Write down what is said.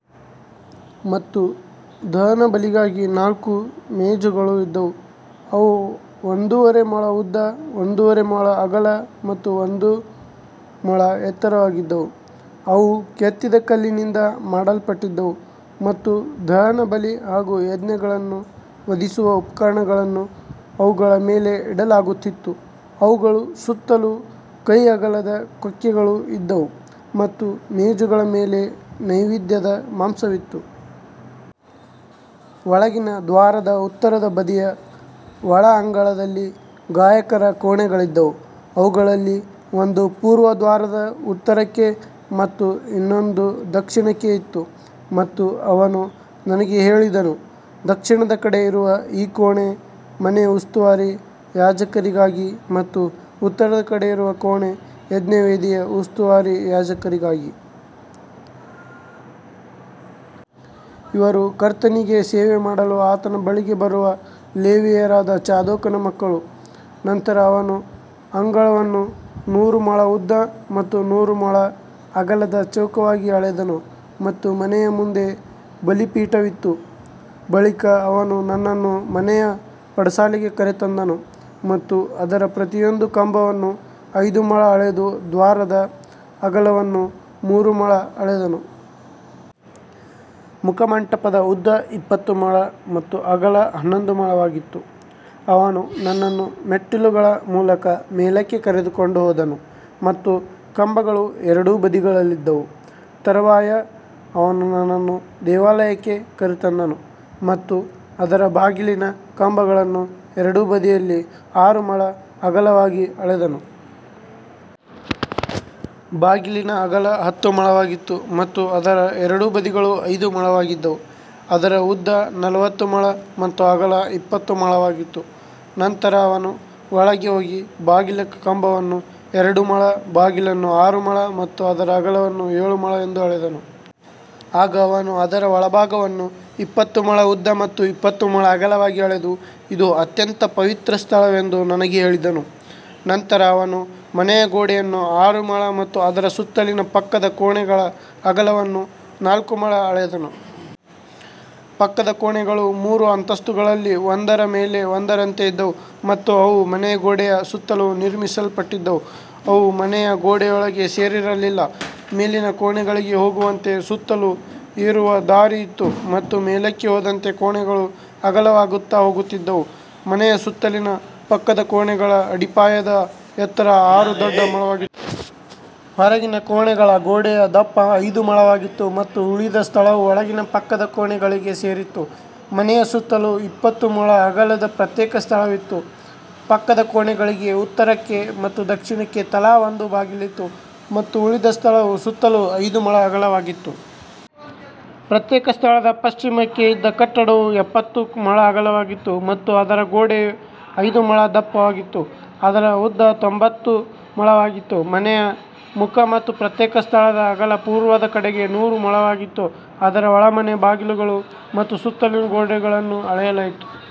ಮತ್ತು ದಹನಬಲಿಗಾಗಿ ನಾಲ್ಕು ಮೇಜುಗಳು ಇದ್ದವು. ಅವು ಒಂದೂವರೆ ಮೊಳ ಉದ್ದ, ಒಂದೂವರೆ ಮೊಳ ಅಗಲ ಮತ್ತು ಒಂದು ಮೊಳ ಎತ್ತರವಾಗಿದ್ದವು. ಅವು ಕೆತ್ತಿದ ಕಲ್ಲಿನಿಂದ ಮಾಡಲ್ಪಟ್ಟಿದ್ದವು ಮತ್ತು ದಹನಬಲಿ ಹಾಗೂ ಯಜ್ಞಗಳನ್ನು ವಧಿಸುವ ಉಪಕರಣಗಳನ್ನು ಅವುಗಳ ಮೇಲೆ ಇಡಲಾಗುತ್ತಿತ್ತು. ಅವುಗಳ ಸುತ್ತಲೂ ಕೈ ಅಗಲದ ಕೊಕ್ಕೆಗಳು ಇದ್ದವು ಮತ್ತು ಮೇಜುಗಳ ಮೇಲೆ ನೈವೇದ್ಯದ ಮಾಂಸವಿತ್ತು. ಒಳಗಿನ ದ್ವಾರದ ಉತ್ತರದ ಬದಿಯ ಒಳ ಅಂಗಳದಲ್ಲಿ ಗಾಯಕರ ಕೋಣೆಗಳಿದ್ದವು. ಅವುಗಳಲ್ಲಿ ಒಂದು ಪೂರ್ವ ದ್ವಾರದ ಉತ್ತರಕ್ಕೆ ಮತ್ತು ಇನ್ನೊಂದು ದಕ್ಷಿಣಕ್ಕೆ ಇತ್ತು. ಮತ್ತು ಅವನು ನನಗೆ ಹೇಳಿದನು, ದಕ್ಷಿಣದ ಕಡೆ ಇರುವ ಈ ಕೋಣೆ ಮನೆಯ ಉಸ್ತುವಾರಿ ಯಾಜಕರಿಗಾಗಿ ಮತ್ತು ಉತ್ತರದ ಕಡೆ ಇರುವ ಕೋಣೆ ಯಜ್ಞವೇದಿಯ ಉಸ್ತುವಾರಿ ಯಾಜಕರಿಗಾಗಿ. ಇವರು ಕರ್ತನಿಗೆ ಸೇವೆ ಮಾಡಲು ಆತನ ಬಳಿಗೆ ಬರುವ ಲೇವಿಯರಾದ ಚಾದೋಕನ ಮಕ್ಕಳು. ನಂತರ ಅವನು ಅಂಗಳವನ್ನು ನೂರು ಮೊಳ ಉದ್ದ ಮತ್ತು ನೂರು ಮೊಳ ಅಗಲದ ಚೌಕವಾಗಿ ಅಳೆದನು ಮತ್ತು ಮನೆಯ ಮುಂದೆ ಬಲಿಪೀಠವಿತ್ತು. ಬಳಿಕ ಅವನು ನನ್ನನ್ನು ಮನೆಯ ಪಡಸಾಲೆಗೆ ಕರೆತಂದನು ಮತ್ತು ಅದರ ಪ್ರತಿಯೊಂದು ಕಂಬವನ್ನು ಐದು ಮೊಳ ಅಳೆದು ದ್ವಾರದ ಅಗಲವನ್ನು ಮೂರು ಮೊಳ ಅಳೆದನು. ಮುಖಮಂಟಪದ ಉದ್ದ ಇಪ್ಪತ್ತು ಮೊಳ ಮತ್ತು ಅಗಲ ಹನ್ನೊಂದು ಮೊಳವಾಗಿತ್ತು. ಅವನು ನನ್ನನ್ನು ಮೆಟ್ಟಿಲುಗಳ ಮೂಲಕ ಮೇಲಕ್ಕೆ ಕರೆದುಕೊಂಡು ಹೋದನು ಮತ್ತು ಕಂಬಗಳು ಎರಡೂ ಬದಿಗಳಲ್ಲಿದ್ದವು. ತರುವಾಯ ಅವನು ನನ್ನನ್ನು ದೇವಾಲಯಕ್ಕೆ ಕರೆತಂದನು ಮತ್ತು ಅದರ ಬಾಗಿಲಿನ ಕಂಬಗಳನ್ನು ಎರಡೂ ಬದಿಯಲ್ಲಿ ಆರು ಮೊಳ ಅಗಲವಾಗಿ ಅಳೆದನು. ಬಾಗಿಲಿನ ಅಗಲ ಹತ್ತು ಮೊಳವಾಗಿತ್ತು ಮತ್ತು ಅದರ ಎರಡೂ ಬದಿಗಳು ಐದು ಮೊಳವಾಗಿದ್ದವು. ಅದರ ಉದ್ದ ನಲವತ್ತು ಮೊಳ ಮತ್ತು ಅಗಲ ಇಪ್ಪತ್ತು ಮೊಳವಾಗಿತ್ತು. ನಂತರ ಅವನು ಒಳಗೆ ಹೋಗಿ ಬಾಗಿಲಿನ ಕಂಬವನ್ನು ಎರಡು ಮೊಳ, ಬಾಗಿಲನ್ನು ಆರು ಮೊಳ ಮತ್ತು ಅದರ ಅಗಲವನ್ನು ಏಳು ಮೊಳ ಎಂದು ಅಳೆದನು. ಆಗ ಅವನು ಅದರ ಒಳಭಾಗವನ್ನು ಇಪ್ಪತ್ತು ಮೊಳ ಉದ್ದ ಮತ್ತು ಇಪ್ಪತ್ತು ಮೊಳ ಅಗಲವಾಗಿ ಅಳೆದು, ಇದು ಅತ್ಯಂತ ಪವಿತ್ರ ಸ್ಥಳವೆಂದು ನನಗೆ ಹೇಳಿದನು. ನಂತರ ಅವನು ಮನೆಯ ಗೋಡೆಯನ್ನು ಆರು ಮೊಳ ಮತ್ತು ಅದರ ಸುತ್ತಲಿನ ಪಕ್ಕದ ಕೋಣೆಗಳ ಅಗಲವನ್ನು ನಾಲ್ಕು ಮೊಳ ಅಳೆದನು. ಪಕ್ಕದ ಕೋಣೆಗಳು ಮೂರು ಅಂತಸ್ತುಗಳಲ್ಲಿ ಒಂದರ ಮೇಲೆ ಒಂದರಂತೆ ಇದ್ದವು ಮತ್ತು ಅವು ಮನೆಯ ಗೋಡೆಯ ಸುತ್ತಲೂ ನಿರ್ಮಿಸಲ್ಪಟ್ಟಿದ್ದವು. ಅವು ಮನೆಯ ಗೋಡೆಯೊಳಗೆ ಸೇರಿರಲಿಲ್ಲ. ಮೇಲಿನ ಕೋಣೆಗಳಿಗೆ ಹೋಗುವಂತೆ ಸುತ್ತಲೂ ಏರುವ ದಾರಿ ಇತ್ತು ಮತ್ತು ಮೇಲಕ್ಕೆ ಹೋದಂತೆ ಕೋಣೆಗಳು ಅಗಲವಾಗುತ್ತಾ ಹೋಗುತ್ತಿದ್ದವು. ಮನೆಯ ಸುತ್ತಲಿನ ಪಕ್ಕದ ಕೋಣೆಗಳ ಅಡಿಪಾಯದ ಎತ್ತರ ಆರು ದೊಡ್ಡ ಮೊಳಗಳಾಗಿತ್ತು. ಹೊರಗಿನ ಕೋಣೆಗಳ ಗೋಡೆಯ ದಪ್ಪ ಐದು ಮೊಳವಾಗಿತ್ತು ಮತ್ತು ಉಳಿದ ಸ್ಥಳವು ಒಳಗಿನ ಪಕ್ಕದ ಕೋಣೆಗಳಿಗೆ ಸೇರಿತ್ತು. ಮನೆಯ ಸುತ್ತಲೂ ಇಪ್ಪತ್ತು ಮೊಳ ಅಗಲದ ಪ್ರತ್ಯೇಕ ಸ್ಥಳವಿತ್ತು. ಪಕ್ಕದ ಕೋಣೆಗಳಿಗೆ ಉತ್ತರಕ್ಕೆ ಮತ್ತು ದಕ್ಷಿಣಕ್ಕೆ ತಲಾ ಒಂದು ಬಾಗಿಲಿತ್ತು ಮತ್ತು ಉಳಿದ ಸ್ಥಳವು ಸುತ್ತಲೂ ಐದು ಮೊಳ ಅಗಲವಾಗಿತ್ತು. ಪ್ರತ್ಯೇಕ ಸ್ಥಳದ ಪಶ್ಚಿಮಕ್ಕೆ ಇದ್ದ ಕಟ್ಟಡವು ಎಪ್ಪತ್ತು ಮೊಳ ಅಗಲವಾಗಿತ್ತು ಮತ್ತು ಅದರ ಗೋಡೆ ಐದು ಮೊಳ ದಪ್ಪವಾಗಿತ್ತು. ಅದರ ಉದ್ದ ತೊಂಬತ್ತು ಮೊಳವಾಗಿತ್ತು. ಮನೆಯ ಮುಖ ಮತ್ತು ಪ್ರತ್ಯೇಕ ಸ್ಥಳದ ಅಗಲ ಪೂರ್ವದ ಕಡೆ ನೂರು ಮೊಳವಾಗಿತ್ತು. ಅದರ ಒಳಮನೆ, ಬಾಗಿಲುಗಳು ಮತ್ತು ಸುತ್ತಲಿನ ಗೋಡೆಗಳನ್ನೂ ಅಳೆಯಲಾಯಿತು.